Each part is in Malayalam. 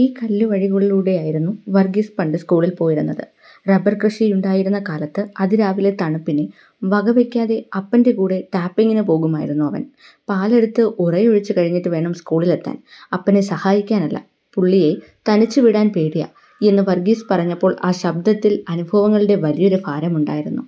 ഈ കല്ലുവഴികളിലൂടെയായിരുന്നു വർഗീസ് പണ്ട് സ്കൂളിൽ പോയിരുന്നത്. റബ്ബർ കൃഷിയുണ്ടായിരുന്ന കാലത്ത്, അതിരാവിലെ തണുപ്പിനെ വകവെക്കാതെ അപ്പന്റെ കൂടെ ടാപ്പിംഗിന് പോകുമായിരുന്നു അവൻ. പാലെടുത്ത് ഉറയൊഴിച്ചു കഴിഞ്ഞിട്ട് വേണം സ്കൂളിലെത്താൻ. "അപ്പനെ സഹായിക്കാനല്ല, പുള്ളിയെ തനിച്ച് വിടാൻ പേടിയാ... " എന്ന് വർഗീസ് പറഞ്ഞപ്പോൾ ആ ശബ്ദത്തിൽ അനുഭവങ്ങളുടെ വലിയൊരു ഭാരമുണ്ടായിരുന്നു.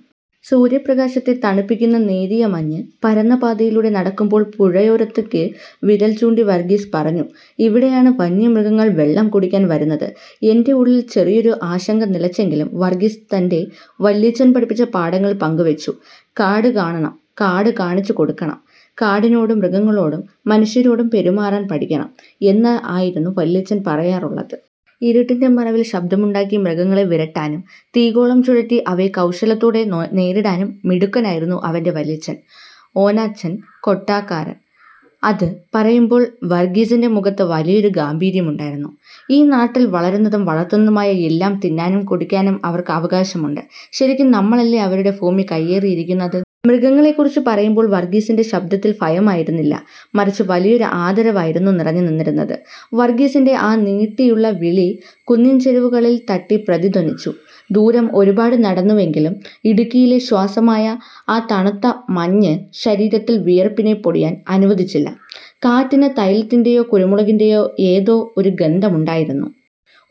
സൂര്യപ്രകാശത്തെ തണുപ്പിക്കുന്ന നേരിയ മഞ്ഞ് പരന്ന പാതയിലൂടെ നടക്കുമ്പോൾ പുഴയോരത്തേക്ക് വിരൽചൂണ്ടി വർഗീസ് പറഞ്ഞു: "ഇവിടെയാണ് വന്യമൃഗങ്ങൾ വെള്ളം കുടിക്കാൻ വരുന്നത്. "। എന്റെ ഉള്ളിൽ ചെറിയൊരു ആശങ്ക നിഴലിച്ചെങ്കിലും വർഗീസ് തന്റെ വല്യപ്പച്ചൻ പഠിപ്പിച്ച പാഠങ്ങൾ പങ്കുവെച്ചു. "കാട് കാണണം, കാട് കാണിച്ചുകൊടുക്കണം. കാടിനോടും മൃഗങ്ങളോടും മനുഷ്യരോടും പെരുമാറാൻ പഠിക്കണം എന്നായിരുന്നു വല്യപ്പച്ചൻ പറയാറുള്ളത്. " ഇരുട്ടിന്റെ മറവിൽ ശബ്ദമുണ്ടാക്കി മൃഗങ്ങളെ വിരട്ടാനും തീഗോളം ചുഴറ്റി അവയെ കൗശലത്തോടെ നേരിടാനും മിടുക്കനായിരുന്നു അവന്റെ വല്യപ്പച്ചൻ ഓനാച്ചൻ കൊട്ടക്കാരൻ. അത് പറയുമ്പോൾ വർഗീസിന്റെ മുഖത്ത് വലിയൊരു ഗാംഭീര്യമുണ്ടായിരുന്നു. "ഈ നാട്ടിൽ വളരുന്നതും വളർത്തുന്നതുമായ എല്ലാം തിന്നാനും കുടിക്കാനും അവർക്കും അവകാശമുണ്ട്. ശരിക്കും നമ്മളല്ലേ അവരുടെ ഭൂമി കയ്യേറി ഇരിക്കുന്നത്? " മൃഗങ്ങളെക്കുറിച്ച് പറയുമ്പോൾ വർഗീസിന്റെ ശബ്ദത്തിൽ ഭയമായിരുന്നില്ല, മറിച്ച് വലിയൊരു ആദരവായിരുന്നു നിറഞ്ഞുനിന്നിരുന്നത്. വർഗീസിന്റെ ആ നീട്ടിയുള്ള വിളി കുന്നിൻചെരുവുകളിൽ തട്ടി പ്രതിധ്വനിച്ചു. ദൂരം ഒരുപാട് നടന്നുവെങ്കിലും, ഇടുക്കിയുടെ ശ്വാസമായ ആ തണുത്ത മഞ്ഞ് ശരീരത്തിൽ വിയർപ്പിനെ പൊടിയാൻ അനുവദിച്ചില്ല. കാറ്റിന് തൈലത്തിന്റെയോ കുരുമുളകിന്റെയോ ഏതോ ഒരു ഗന്ധമുണ്ടായിരുന്നു.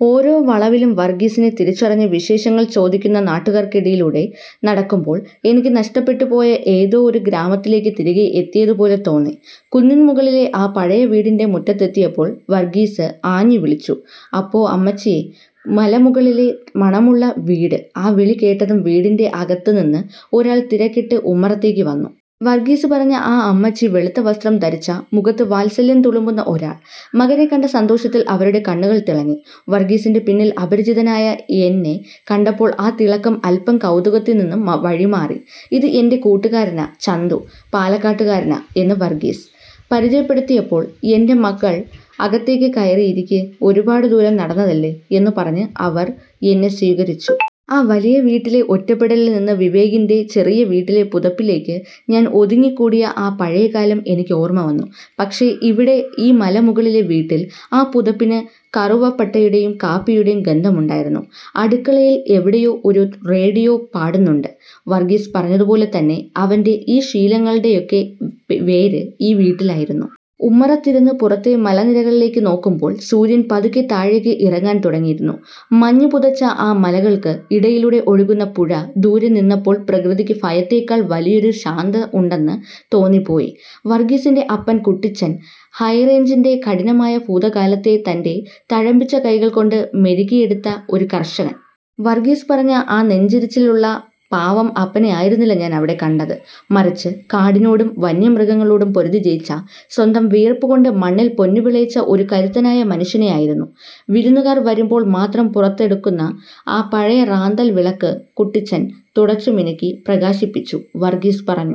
ഓരോ വളവിലും വർഗീസിനെ തിരിച്ചറിഞ്ഞ് വിശേഷങ്ങൾ ചോദിക്കുന്ന നാട്ടുകാർക്കിടയിലൂടെ നടക്കുമ്പോൾ, എനിക്ക് നഷ്ടപ്പെട്ടുപോയ ഏതോ ഒരു ഗ്രാമത്തിലേക്ക് തിരികെ എത്തിയതുപോലെ തോന്നി. കുന്നിൻ മുകളിലെ ആ പഴയ വീടിന്റെ മുറ്റത്തെത്തിയപ്പോൾ വർഗീസ് ആഞ്ഞുവിളിച്ചു: "അപ്പോ.... അമ്മച്ചിയേ....! " മലമുകളിലെ മണമുള്ള വീട് ആ വിളി കേട്ടതും വീടിന്റെ അകത്തുനിന്ന് ഒരാൾ തിരക്കിട്ട് ഉമ്മറത്തേക്ക് വന്നു. വർഗീസ് പറഞ്ഞ ആ അമ്മച്ചി! വെളുത്ത വസ്ത്രം ധരിച്ച, മുഖത്ത് വാത്സല്യം തുളുമ്പുന്ന ഒരാൾ. മകനെ കണ്ട സന്തോഷത്തിൽ അവരുടെ കണ്ണുകൾ തിളങ്ങി. വർഗീസിന്റെ പിന്നിൽ അപരിചിതനായ എന്നെ കണ്ടപ്പോൾ ആ തിളക്കം അല്പം കൗതുകത്തിന് വഴിമാറി. "ഇത് എന്റെ കൂട്ടുകാരനാ ചന്തു. പാലക്കാട്ടുകാരനാ... " എന്ന് വർഗീസ് പരിചയപ്പെടുത്തിയപ്പോൾ, "എന്റെ മക്കൾ അകത്തേക്ക് കയറി ഇരിക്ക്, ഒരുപാട് ദൂരം നടന്നതല്ലേ " എന്നുപറഞ്ഞ് അവർ എന്നെ സ്വീകരിച്ചു. ആ വലിയ വീട്ടിലെ ഒറ്റപ്പെടലിൽ നിന്ന് വിവേകിന്റെ ചെറിയ വീട്ടിലെ പുതപ്പിലേക്ക് ഞാൻ ഒതുങ്ങിക്കൂടിയ ആ പഴയ കാലം എനിക്ക് ഓർമ്മ വന്നു. പക്ഷേ ഇവിടെ, ഈ മലമുകളിലെ വീട്ടിൽ, ആ പുതപ്പിന് കറുവപ്പട്ടയുടെയും കാപ്പിയുടെയും ഗന്ധമുണ്ടായിരുന്നു. അടുക്കളയിൽ എവിടെയോ ഒരു റേഡിയോ പാടുന്നുണ്ട്. വർഗീസ് പറഞ്ഞതുപോലെ തന്നെ, അവന്റെ ഈ ശീലങ്ങളുടെയൊക്കെ വേര് ഈ വീട്ടിലായിരുന്നു. ഉമ്മറത്തിരുന്ന് പുറത്തെ മലനിരകളിലേക്ക് നോക്കുമ്പോൾ, സൂര്യൻ പതുക്കെ താഴേക്ക് ഇറങ്ങാൻ തുടങ്ങിയിരുന്നു. മഞ്ഞ് പുതച്ച ആ മലകൾക്ക് ഇടയിലൂടെ ഒഴുകുന്ന പുഴ ദൂരെ നിന്നപ്പോൾ പ്രകൃതിക്ക് ഭയത്തേക്കാൾ വലിയൊരു ശാന്തത ഉണ്ടെന്ന് തോന്നിപ്പോയി. വർഗീസിന്റെ അപ്പൻ, കുട്ടിച്ചൻ. ഹൈറേഞ്ചിന്റെ കഠിനമായ ഭൂതകാലത്തെ തന്റെ തഴമ്പിച്ച കൈകൾ കൊണ്ട് മെരുക്കിയെടുത്ത ഒരു കർഷകൻ. വർഗീസ് പറഞ്ഞ ആ 'നെഞ്ചിരിച്ചിലുള്ള' പാവം അപ്പനെയായിരുന്നില്ല ഞാൻ അവിടെ കണ്ടത്. മറിച്ച്, കാടിനോടും വന്യമൃഗങ്ങളോടും പൊരുതി ജയിച്ച, സ്വന്തം വിയർപ്പുകൊണ്ട് മണ്ണിൽ പൊന്നുവിളയിച്ച ഒരു കരുത്തനായ മനുഷ്യനെയായിരുന്നു. വിരുന്നുകാർ വരുമ്പോൾ മാത്രം പുറത്തെടുക്കുന്ന ആ പഴയ റാന്തൽ വിളക്ക് കുട്ടിച്ചൻ തുടച്ചു മിനുക്കി പ്രകാശിപ്പിച്ചു. വർഗീസ് പറഞ്ഞു